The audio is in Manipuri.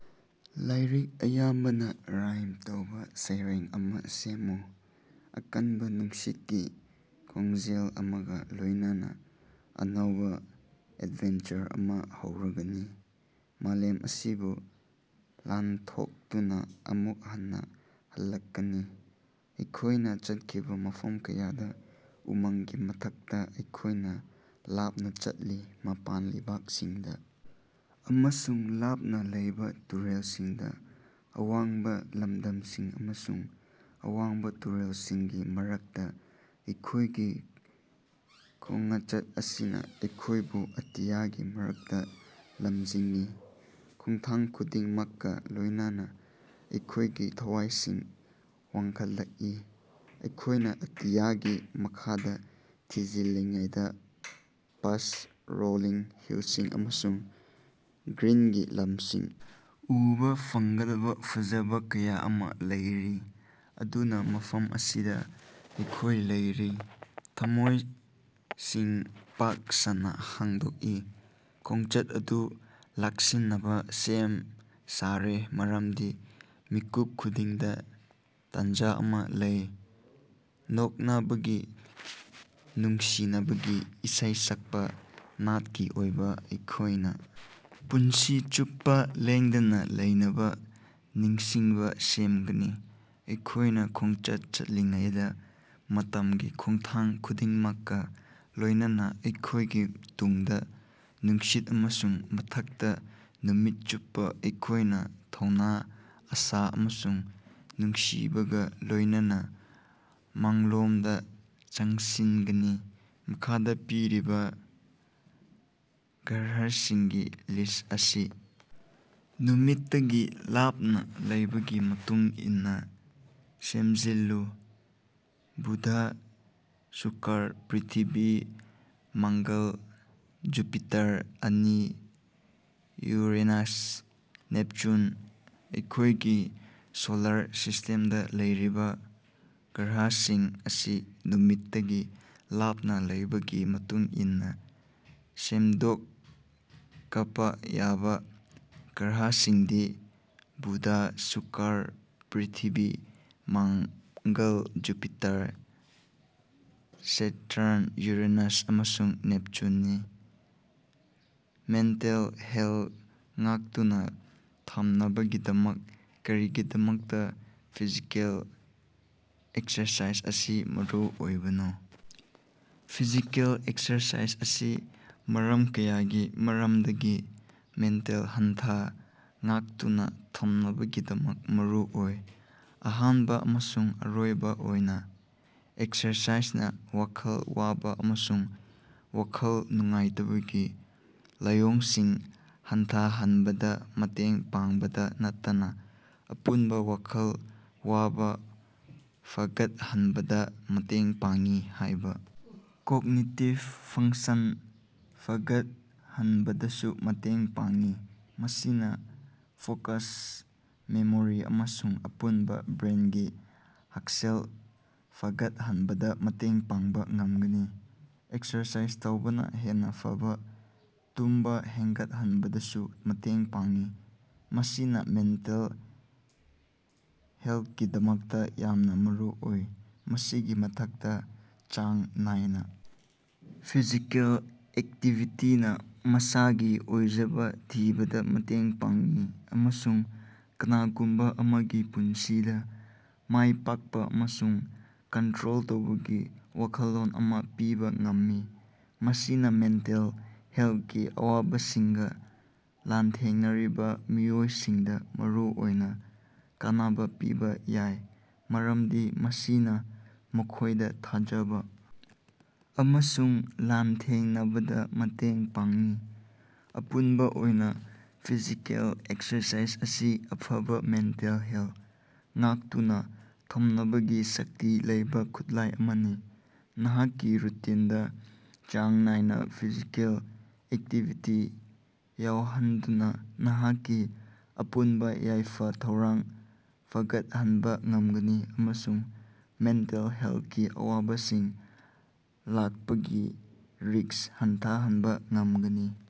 ꯂꯥꯏꯔꯤꯛ ꯑꯌꯥꯝꯕꯅ ꯔꯥꯏꯝ ꯇꯧꯕ ꯁꯩꯔꯦꯡ ꯑꯃ ꯁꯦꯝꯃꯨ꯫ ꯑꯀꯟꯕ ꯅꯨꯡꯁꯤꯠꯀꯤ ꯈꯣꯡꯖꯦꯜ ꯑꯃꯒ ꯂꯣꯏꯅꯅ, ꯑꯅꯧꯕ ꯑꯦꯗꯚꯦꯟꯆꯔ ꯑꯃ ꯍꯧꯔꯒꯅꯤ, ꯃꯥꯂꯦꯝ ꯑꯁꯤꯕꯨ ꯂꯥꯟꯊꯣꯛꯇꯨꯅ ꯑꯃꯨꯛ ꯍꯟꯅ ꯍꯜꯂꯛꯀꯅꯤ, ꯑꯩꯈꯣꯏꯅ ꯆꯠꯈꯤꯕ ꯃꯐꯝ ꯀꯌꯥꯗ꯫ ꯎꯃꯪꯒꯤ ꯃꯊꯛꯇ ꯑꯩꯈꯣꯏꯅ ꯂꯥꯞꯅ ꯆꯠꯂꯤ, ꯃꯄꯥꯟ ꯂꯩꯕꯥꯛꯁꯤꯡꯗ ꯑꯃꯁꯨꯡ ꯂꯥꯞꯅ ꯂꯩꯕ ꯇꯨꯔꯦꯜꯁꯤꯡꯗ, ꯑꯋꯥꯡꯕ ꯂꯝꯗꯝꯁꯤꯡ ꯑꯃꯁꯨꯡ ꯑꯋꯥꯡꯕ ꯇꯨꯔꯦꯜꯁꯤꯡꯒꯤ ꯃꯔꯛꯇ, ꯑꯩꯈꯣꯏꯒꯤ ꯈꯣꯉꯆꯠ ꯑꯁꯤꯅ ꯑꯩꯈꯣꯏꯕꯨ ꯑꯇꯤꯌꯥꯒꯤ ꯃꯔꯛꯇ ꯂꯝꯖꯤꯡꯏ꯫ ꯈꯣꯡꯊꯥꯡ ꯈꯨꯗꯤꯡꯃꯛꯀ ꯂꯣꯏꯅꯅ ꯑꯩꯈꯣꯏꯒꯤ ꯊꯋꯥꯏꯁꯤꯡ ꯋꯥꯡꯈꯠꯂꯛꯏ, ꯑꯩꯈꯣꯏꯅ ꯑꯇꯤꯌꯥꯒꯤ ꯃꯈꯥꯗ ꯊꯤꯖꯤꯜꯂꯤꯉꯩꯗ, ꯄꯥꯁꯠ ꯔꯣꯂꯤꯡ ꯍꯤꯜꯁꯤꯡ ꯑꯃꯁꯨꯡ ꯒ꯭ꯔꯤꯟꯒꯤ ꯂꯝꯁꯤꯡ, ꯎꯕ ꯐꯪꯒꯗꯕ ꯐꯖꯕ ꯀꯌꯥ ꯑꯃ ꯂꯩꯔꯤ꯫ ꯑꯗꯨꯅ ꯃꯐꯝ ꯑꯁꯤꯗ ꯑꯩꯈꯣꯏ ꯂꯩꯔꯤ, ꯊꯝꯃꯣꯏꯁꯤꯡ ꯄꯥꯛ ꯁꯟꯅ ꯍꯥꯡꯗꯣꯛꯏ, ꯈꯣꯡꯆꯠ ꯑꯗꯨ ꯂꯥꯛꯁꯤꯟꯅꯕ ꯁꯦꯝ ꯁꯥꯔꯦ, ꯃꯔꯝꯗꯤ ꯃꯤꯀꯨꯞ ꯈꯨꯗꯤꯡꯗ ꯇꯥꯟꯖ ꯑꯃ ꯂꯩ, ꯅꯣꯛꯅꯕꯒꯤ, ꯅꯨꯡꯁꯤꯅꯕꯒꯤ, ꯏꯁꯩ ꯁꯛꯄ, ꯅꯥꯠꯀꯤ ꯑꯣꯏꯕ꯫ ꯑꯩꯈꯣꯏꯅ ꯄꯨꯟꯁꯤ ꯆꯨꯞꯄ ꯂꯦꯡꯗꯅ ꯂꯩꯅꯕ ꯅꯤꯡꯁꯤꯡꯕ ꯁꯦꯝꯒꯅꯤ, ꯑꯩꯈꯣꯏꯅ ꯈꯣꯡꯆꯠ ꯆꯠꯂꯤꯉꯩꯗ, ꯃꯇꯝꯒꯤ ꯈꯣꯡꯊꯥꯡ ꯈꯨꯗꯤꯡꯃꯛꯀ ꯂꯣꯏꯅꯅ, ꯑꯩꯈꯣꯏꯒꯤ ꯇꯨꯡꯗ ꯅꯨꯡꯁꯤꯠ ꯑꯃꯁꯨꯡ ꯃꯊꯛꯇ ꯅꯨꯃꯤꯠ ꯆꯨꯞꯄ, ꯑꯩꯈꯣꯏꯅ ꯊꯧꯅ, ꯑꯥꯁꯥ ꯑꯃꯁꯨꯡ ꯅꯨꯡꯁꯤꯕꯒ ꯂꯣꯆꯅꯅ ꯃꯥꯡꯂꯣꯝꯗ ꯆꯪꯁꯤꯟꯒꯅꯤ꯫ ꯃꯈꯥꯗ ꯄꯤꯔꯤꯕ ꯒ꯭ꯔꯍꯁꯤꯡꯒꯤ ꯂꯤꯁ꯭ꯠ ꯑꯁꯤ ꯅꯨꯃꯤꯠꯇꯒꯤ ꯂꯥꯞꯅ ꯂꯩꯕꯒꯤ ꯃꯇꯨꯡ ꯏꯟꯅ ꯁꯦꯝꯖꯤꯜꯂꯨ꯫ Budh, Shukra, Prithvi, Mangal, Jupiter, Shani, Uranus, Neptune. ꯑꯩꯈꯣꯏꯒꯤ ꯁꯣꯂꯥꯔ ꯁꯤꯁ꯭ꯇꯦꯝꯗ ꯂꯩꯔꯤꯕ ꯒ꯭ꯔꯍꯁꯤꯡ ꯑꯁꯤ ꯅꯨꯃꯤꯠꯇꯒꯤ ꯂꯥꯞꯅ ꯂꯩꯕꯒꯤ ꯃꯇꯨꯡ ꯏꯟꯅ ꯁꯦꯝꯗꯣꯀꯄ ꯌꯥꯕ ꯒ꯭ꯔꯍꯁꯤꯡꯗꯤ: Buddha, Shukra, Prithvi, Mangal, Jupiter, Saturn, Uranus ꯑꯃꯁꯨꯡ ꯅꯦꯞꯆꯨꯟꯅꯤ꯫ ꯃꯦꯟꯇꯦꯜ ꯍꯦꯜꯊ ꯉꯥꯛꯇꯨꯅ ꯊꯝꯅꯕꯒꯤꯗꯃꯛ ꯀꯔꯤꯒꯤꯗꯃꯛꯇ ꯐꯤꯖꯤꯀꯦꯜ ꯑꯦꯛꯁꯔꯁꯥꯏꯖ ꯑꯁꯤ ꯃꯔꯨꯑꯣꯏꯕꯅꯣ? ꯐꯤꯖꯤꯀꯦꯜ ꯑꯦꯛꯁꯔꯁꯥꯏꯖ ꯑꯁꯤ ꯃꯔꯝ ꯀꯌꯥꯒꯤ ꯃꯔꯝꯗꯒꯤ ꯃꯦꯟꯇꯦꯜ ꯍꯦꯜꯊ ꯉꯥꯛꯇꯨꯅ ꯊꯝꯅꯕꯒꯤꯗꯃꯛ ꯃꯔꯨꯑꯣꯏ꯫ ꯑꯍꯥꯟꯕ ꯑꯃꯁꯨꯡ ꯑꯔꯣꯏꯕ ꯑꯣꯏꯅ, ꯑꯦꯛꯁꯔꯁꯥꯏꯖꯅ ꯋꯥꯈꯜ ꯋꯥꯕ ꯑꯃꯁꯨꯡ ꯋꯥꯈꯜ ꯅꯨꯡꯉꯥꯏꯇꯕꯒꯤ ꯂꯥꯏꯑꯣꯡꯁꯤꯡ ꯍꯟꯊꯍꯟꯕꯗ ꯃꯇꯦꯡ ꯄꯥꯡꯕꯇ ꯅꯠꯇꯅ ꯑꯄꯨꯟꯕ ꯋꯥꯈꯜ ꯋꯥꯕ ꯐꯒꯠꯍꯟꯕꯗ ꯃꯇꯦꯡ ꯄꯥꯡꯏ ꯍꯥꯏꯕ ꯀꯣꯛꯅꯤꯇꯤꯚ ꯐꯪꯁꯟ ꯐꯒꯠꯍꯟꯕꯗꯁꯨ ꯃꯇꯦꯡ ꯄꯥꯡꯏ꯫ ꯃꯁꯤꯅ ꯐꯣꯀꯁ, ꯃꯦꯃꯣꯔꯤ ꯑꯃꯁꯨꯡ ꯑꯄꯨꯟꯕ ꯕ꯭ꯔꯦꯟꯒꯤ ꯍꯛꯁꯦꯜ ꯐꯒꯠꯍꯟꯕꯗ ꯃꯇꯦꯡ ꯄꯥꯡꯕ ꯉꯝꯒꯅꯤ꯫ ꯑꯦꯛꯁꯔꯁꯥꯏꯖ ꯇꯧꯕꯅ ꯍꯦꯟꯅ ꯐꯕ ꯇꯨꯝꯕ ꯍꯦꯟꯒꯠꯍꯟꯕꯗꯁꯨ ꯃꯇꯦꯡ ꯄꯥꯡꯏ, ꯃꯁꯤꯅ ꯃꯦꯟꯇꯦꯜ ꯍꯦꯜꯊꯀꯤꯗꯃꯛꯇ ꯌꯥꯝꯅ ꯃꯔꯨꯑꯣꯏ꯫ ꯃꯁꯤꯒꯤ ꯃꯊꯛꯇ, ꯆꯥꯡ ꯅꯥꯏꯅ ꯐꯤꯖꯤꯀꯦꯜ ꯑꯦꯛꯇꯤꯚꯤꯇꯤꯅ ꯃꯁꯥꯒꯤ ꯑꯣꯏꯖꯕ ꯊꯤꯕꯗ ꯃꯇꯦꯡ ꯄꯥꯡꯏ, ꯑꯃꯁꯨꯡ ꯀꯅꯥꯒꯨꯝꯕ ꯑꯃꯒꯤ ꯄꯨꯟꯁꯤꯗ ꯃꯥꯏꯄꯥꯛꯄ ꯑꯃꯁꯨꯡ ꯀꯟꯇ꯭ꯔꯣꯜ ꯇꯧꯕꯒꯤ ꯋꯥꯈꯜꯂꯣꯟ ꯑꯃ ꯄꯤꯕ ꯉꯝꯃꯤ꯫ ꯃꯁꯤꯅ ꯃꯦꯟꯇꯦꯜ ꯍꯦꯜꯊꯀꯤ ꯑꯋꯥꯕꯁꯤꯡꯒ ꯂꯥꯟꯊꯦꯡꯅꯔꯤꯕ ꯃꯤꯑꯣꯏꯁꯤꯡꯗ ꯃꯔꯨꯑꯣꯏꯅ ꯀꯥꯟꯅꯕ ꯄꯤꯕ ꯌꯥꯏ, ꯃꯔꯝꯗꯤ ꯃꯁꯤꯅ ꯃꯈꯣꯏꯗ ꯊꯥꯖꯕ ꯑꯃꯁꯨꯡ ꯂꯥꯟꯊꯦꯡꯅꯕꯗ ꯃꯇꯦꯡ ꯄꯥꯡꯏ꯫ ꯑꯄꯨꯟꯕ ꯑꯣꯏꯅ ꯐꯤꯖꯤꯀꯦꯜ ꯑꯦꯛꯁꯔꯁꯥꯏꯖ ꯑꯁꯤ ꯑꯐꯕ ꯃꯦꯟꯇꯦꯜ ꯍꯦꯜꯊ ꯉꯥꯛꯇꯨꯅ ꯊꯝꯅꯕꯒꯤ ꯁꯛꯇꯤ ꯂꯩꯕ ꯈꯨꯠꯂꯥꯏ ꯑꯃꯅꯤ꯫ ꯅꯍꯥꯛꯀꯤ ꯔꯨꯇꯤꯟꯗ ꯆꯥꯡ ꯅꯥꯏꯅ ꯐꯤꯖꯤꯀꯦꯜ ꯑꯦꯛꯇꯤꯚꯤꯇꯤ ꯌꯥꯎꯍꯟꯗꯨꯅ, ꯅꯍꯥꯛꯀꯤ ꯑꯄꯨꯟꯕ ꯌꯥꯏꯐ-ꯊꯧꯔꯥꯡ ꯐꯒꯠꯍꯟꯕ ꯉꯝꯒꯅꯤ ꯑꯃꯁꯨꯡ ꯃꯦꯟꯇꯦꯜ ꯍꯦꯜꯊꯀꯤ ꯑꯋꯥꯕꯁꯤꯡ ꯂꯥꯛꯄꯒꯤ ꯔꯤꯁ꯭ꯛ ꯍꯟꯊꯍꯟꯕ ꯉꯝꯒꯅꯤ꯫